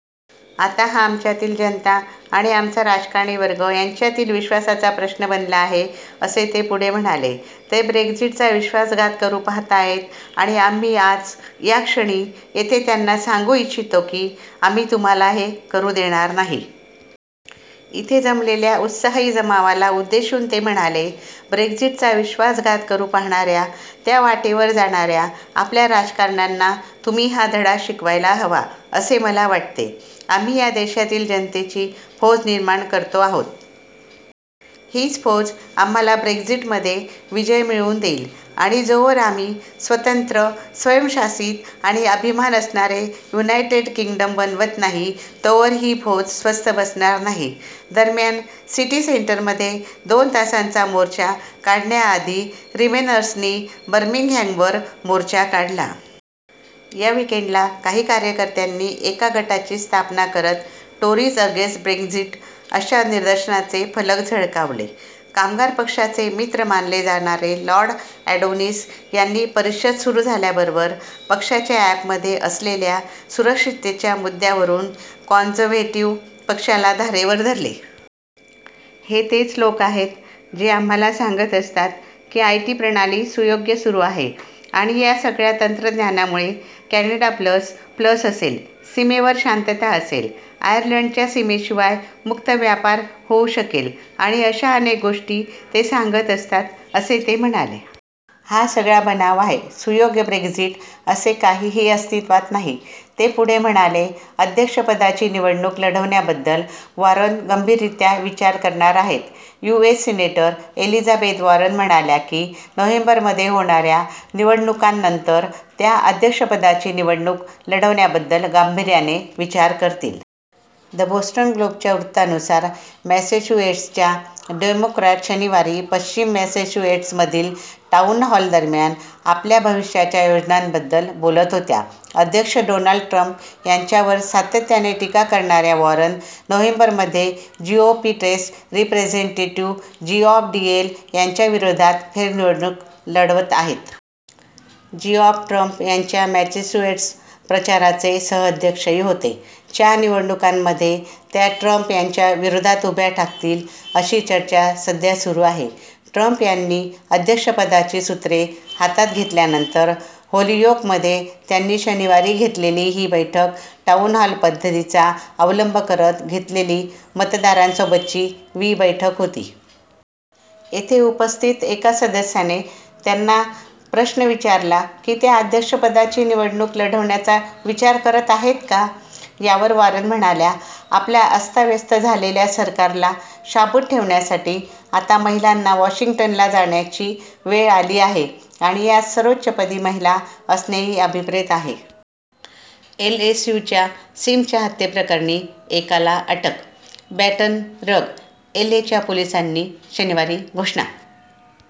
आता हा आमच्यातील-जनता आणि आमचा राजकारणी वर्ग यांच्यातील विश्वासाचा प्रश्न बनला आहे, असे ते पुढे म्हणाले. ते ब्रेक्झिटचा विश्वासघात करू पाहताहेत आणि आम्ही आज, या क्षणी, इथे त्यांना सांगू इच्छितो की आम्ही तुम्हाला हे करू देणार नाही. इथे जमलेल्या उत्साही जमावाला उद्देशून ते म्हणाले: "ब्रेक्झिटचा विश्वासघात करू पाहणाऱ्या, त्या वाटेवर जाणाऱ्या आपल्या राजकारण्यांना तुम्ही हा धडा शिकवायला हवा, असे मला वाटते. " "आम्ही या देशातील जनतेची फौज निर्माण करतो आहोत. हीच फौज आम्हाला ब्रेक्झिटमध्ये विजय मिळवून देईल आणि जोवर आम्ही स्वतंत्र, स्वयंशासित आणि अभिमान असणारे युनायटेड किंगडम बनत नाही तोवर ही फौज स्वस्थ बसणार नाही. " दरम्यान, सिटी सेंटरमध्ये दोन तासांचा मोर्चा काढण्याआधी रीमेनर्सनी बर्मिंगहॅमवर मोर्चा काढला. या वीकेंडला काही कार्यकर्त्यांनी एका गटाची स्थापना करत टोरीज अगेंस्ट ब्रेक्झिट अशा निदर्शनांचे फलक झळकावले. कामगार पक्षाचे मित्र मानले जाणारे लॉर्ड अॅडोनिस यांनी परिषद सुरू झाल्याबरोबर पक्षाच्या अॅपमध्ये असलेल्या सुरक्षिततेच्या मुद्द्यांवरून कॉन्झर्व्हेटिव्ह पक्षाला धारेवर धरले. हे तेच लोक आहेत जे आम्हाला सांगत असतात की आयटी प्रणाली सुयोग्य सुरू आहे आणि या सगळ्या तंत्रज्ञानामुळे कॅनडा प्लस प्लस असेल, सीमेवर शांतता असेल, आयर्लंडच्या सीमेशिवाय मुक्त व्यापार होऊ शकेल आणि अशा अनेक गोष्टी ते सांगत असतात," असे ते म्हणाले. हा सगळा बनाव आहे. सुयोग्य ब्रेक्झिट असे काहीही अस्तित्वात नाही, " ते पुढे म्हणाले. अध्यक्षपदाची निवडणूक लढवण्याबद्दल वॉरन गंभीररित्या विचार करणार आहेत. U. S. Senator Elizabeth Warren म्हणाल्या की नोव्हेंबरमध्ये होणाऱ्या निवडणुकांनंतर त्या अध्यक्षपदाची निवडणूक लढवण्याबद्दल गांभिर्याने विचार करतील. द बोस्टन ग्लोबच्या वृत्तानुसार, मॅसेच्युएट्सच्या डेमोक्रॅट शनिवारी पश्चिम मॅसेच्युएट्समधील टाऊनहॉल दरम्यान आपल्या भविष्याच्या योजनांबद्दल बोलत होत्या. अध्यक्ष डोनाल्ड ट्रम्प यांच्यावर सातत्याने टिका करणाऱ्या वॉरन नोव्हेंबरमध्ये GOP state representative Geoff Diehl यांच्याविरोधात फेरनिवडणूक लढवत आहेत. जीऑफ ट्रम्प यांच्या मॅसेच्युएट्स प्रचाराचे सहअध्यक्षही होते. च्या निवडणुकांमध्ये त्या ट्रम्प यांच्या विरोधात उभ्या ठाकतील, अशी चर्चा सध्या सुरू आहे. ट्रम्प यांनी अध्यक्षपदाची सूत्रे हातात घेतल्यानंतर, होलियोकमध्ये त्यांनी शनिवारी घेतलेली ही बैठक टाऊनहॉल पद्धतीचा अवलंब करत घेतलेली मतदारांसोबतची वी बैठक होती. येथे उपस्थित एका सदस्याने त्यांना प्रश्न विचारला की त्या अध्यक्षपदाची निवडणूक लढवण्याचा विचार करत आहेत का? यावर वॉरन म्हणाल्या, "आपल्या अस्ताव्यस्त झालेल्या सरकारला शाबूत ठेवण्यासाठी आता महिलांना वॉशिग्टंनला जाण्याची वेळ आली आहे आणि यात सर्वोच्च पदी महिला असणेही अभिप्रेत आहे. " एलएसयूच्या सिम्सच्या हत्येप्रकरणी एकाला अटक बॅटन रग, एलए. च्या पोलिसांनी शनिवारी घोषणा